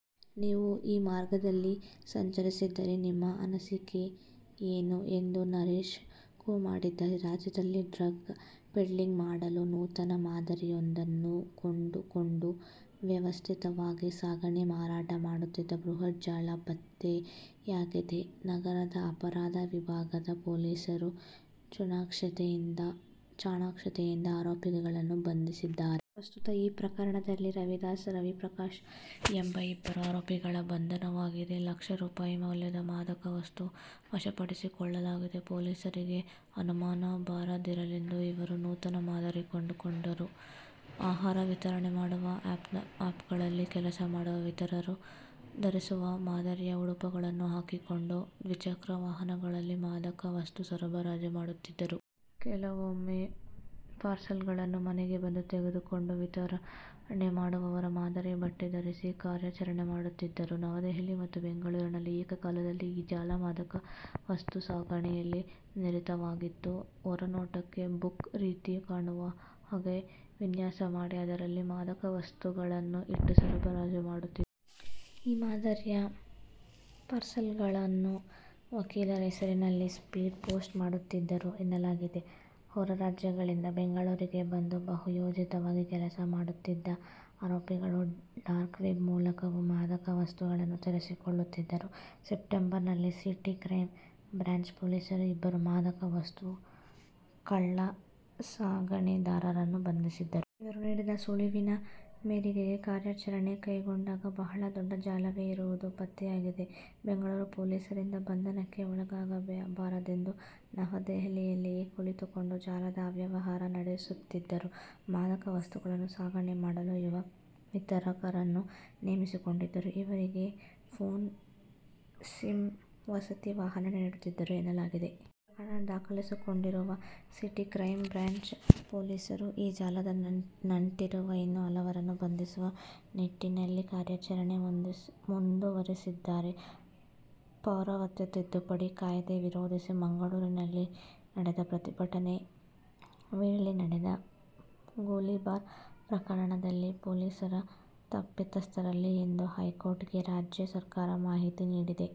ನೀವೂ ಈ ಮಾರ್ಗದಲ್ಲಿ ಸಂಚರಿಸಿದ್ದರೆ ನಿಮ್ಮ ಅನಿಸಿಕೆ ಏನು? ' ಎಂದು ನರೇಶ್ ಕೂ ಮಾಡಿದ್ದಾರೆ. ರಾಜ್ಯದಲ್ಲಿ ಡ್ರಗ್ ಪೆಡ್ಲಿಂಗ್ ಮಾಡಲು ನೂತನ ಮಾದರಿಯೊಂದನ್ನು ಕಂಡುಕೊಂಡು ವ್ಯವಸ್ಥಿತವಾಗಿ ಸಾಗಣೆ ಮಾರಾಟ ಮಾಡುತ್ತಿದ್ದ ಬೃಹತ್ ಜಾಲ ಪತ್ತೆಯಾಗಿದೆ. ನಗರದ ಅಪರಾಧ ವಿಭಾಗದ ಪೊಲೀಸರು ಚಾಣಾಕ್ಷತೆಯಿಂದ ಆರೋಪಿಗಳನ್ನು ಬಂಧಿಸಿದ್ದಾರೆ. ಪ್ರಸ್ತುತ ಈ ಪ್ರಕರಣದಲ್ಲಿ ರವಿದಾಸ್, ರವಿ ಪ್ರಕಾಶ್ ಎಂಬ ಇಬ್ಬರು ಆರೋಪಿಗಳ ಬಂಧನವಾಗಿದೆ. ಲಕ್ಷ ರೂಪಾಯಿ ಮೌಲ್ಯದ ಮಾದಕ ವಸ್ತು ವಶಪಡಿಸಿಕೊಳ್ಳಲಾಗಿದೆ. ಪೊಲೀಸರಿಗೆ ಅನುಮಾನ ಬಾರದಿರಲೆಂದು ಇವರು ನೂತನ ಮಾದರಿ ಕಂಡು ಕೊಂಡಿದ್ದರು. ಆಹಾರ ವಿತರಣೆ ಮಾಡುವ ಆ್ಯಪ್ ಗಳಲ್ಲಿ ಕೆಲಸ ಮಾಡುವ ವಿತರಕರು ಧರಿಸುವ ಮಾದರಿಯ ಉಡುಪುಗಳನ್ನು ಹಾಕಿಕೊಂಡು ದ್ವಿಚಕ್ರ ವಾಹನಗಳಲ್ಲಿ ಮಾದಕ ವಸ್ತು ಸರಬರಾಜು ಮಾಡುತ್ತಿದ್ದರು. ಕೆಲವೊಮ್ಮೆ ಪಾರ್ಸೆಲ್ ಗಳನ್ನು ಮನೆಗೆ ಬಂದು ತೆಗೆದುಕೊಂಡು ವಿತರಣೆ ಮಾಡುವವರ ಮಾದರಿ ಬಟ್ಟೆ ಧರಿಸಿ ಕಾರ್ಯಾಚರಣೆ ಮಾಡುತ್ತಿದ್ದರು. ನವದೆಹಲಿ ಮತ್ತು ಬೆಂಗಳೂರಿನಲ್ಲಿ ಏಕಕಾಲದಲ್ಲಿ ಈ ಜಾಲ ಮಾದಕ ವಸ್ತು ಸಾಗಣೆಯಲ್ಲಿ ನಿರತವಾಗಿತ್ತು. ಹೊರನೋಟಕ್ಕೆ ಬುಕ್ ರೀತಿ ಕಾಣುವ ಹಾಗೆ ವಿನ್ಯಾಸ ಮಾಡಿ ಅದರಲ್ಲಿ ಮಾದಕ ವಸ್ತುಗಳನ್ನು ಇಟ್ಟು ಸರಬರಾಜು ಮಾಡುತ್ತಿದ್ದರು. ಈ ಮಾದರಿಯ ಪಾರ್ಸೆಲುಗಳನ್ನು ವಕೀಲರ ಹೆಸರಿನಲ್ಲಿ ಸ್ಪೀಡ್ ಪೋಸ್ಟ್ ಮಾಡುತ್ತಿದ್ದರು ಎನ್ನಲಾಗಿದೆ. ಹೊರರಾಜ್ಯಗಳಿಂದ ಬೆಂಗಳೂರಿಗೆ ಬಂದು ಬಹು ಯೋಜಿತವಾಗಿ ಕೆಲಸ ಮಾಡುತ್ತಿದ್ದ ಆರೋಪಿಗಳು ಡಾರ್ಕ್ ವೆಬ್ ಮೂಲಕವೂ ಮಾದಕ ವಸ್ತುಗಳನ್ನು ತರಿಸಿಕೊಳ್ಳುತ್ತಿದ್ದರು. ಸೆಪ್ಟೆಂಬರ್ ನಲ್ಲಿ ಸಿಟಿ ಕ್ರೈಮ್ ಬ್ರಾಂಚ್ ಪೊಲೀಸರು ಇಬ್ಬರು ಮಾದಕ ವಸ್ತು ಕಳ್ಳ ಸಾಗಾಣೆದಾರರನ್ನು ಬಂಧಿಸಿದ್ದರು. ಇವರು ನೀಡಿದ ಸುಳಿವಿನ ಮೇರೆಗೆ ಕಾರ್ಯಾಚರಣೆ ಕೈಗೊಂಡಾಗ ಬಹಳ ದೊಡ್ಡ ಜಾಲವೇ ಇರುವುದು ಪತ್ತೆಯಾಗಿದೆ. ಬೆಂಗಳೂರು ಪೊಲೀಸರಿಂದ ಬಂಧನಕ್ಕೆ ಒಳಗಾಗಬಾರದೆಂದು ನವದೆಹಲಿಯಲ್ಲಿಯೇ ಕುಳಿತುಕೊಂಡು ಜಾಲದ ಅವ್ಯವಹಾರ ನಡೆಸುತ್ತಿದ್ದರು, ಮಾದಕ ವಸ್ತುಗಳನ್ನು ಸಾಗಣೆ ಮಾಡಲು ಯುವ ವಿತರಕರನ್ನು ನೇಮಿಸಿಕೊಂಡಿದ್ದರು. ಇವರಿಗೆ ಪೋನ್, ಸಿಮ್, ವಸತಿ, ವಾಹನ ನೀಡುತ್ತಿದ್ದರು ಎನ್ನಲಾಗಿದೆ. ಪ್ರಕರಣ ದಾಖಲಿಸಿಕೊಂಡಿರುವ ಸಿಟಿ ಕ್ರೈಮ್ ಬ್ರಾಂಚ್ ಪೊಲೀಸರು ಈ ಜಾಲದ ನಂಟಿರುವ ಇನ್ನೂ ಹಲವರನ್ನು ಬಂಧಿಸುವ ನಿಟ್ಟಿನಲ್ಲಿ ಕಾರ್ಯಾಚರಣೆ ಮುಂದುವರಿಸಿದ್ದಾರೆ. ಪೌರತ್ವ ತಿದ್ದುಪಡಿ ಕಾಯ್ದೆ ವಿರೋಧಿಸಿ ಮಂಗಳೂರಿನಲ್ಲಿ ನಡೆದ ಪ್ರತಿಭಟನೆ ವೇಳೆ ನಡೆದ ಗೋಲಿಬಾರ್ ಪ್ರಕರಣದಲ್ಲಿ ಪೊಲೀಸರ ತಪ್ಪಿತಸ್ಥರಲ್ಲ ಎಂದು ಹೈಕೋರ್ಟ್'ಗೆ ರಾಜ್ಯ ಸರ್ಕಾರ ಮಾಹಿತಿ ನೀಡಿದೆ.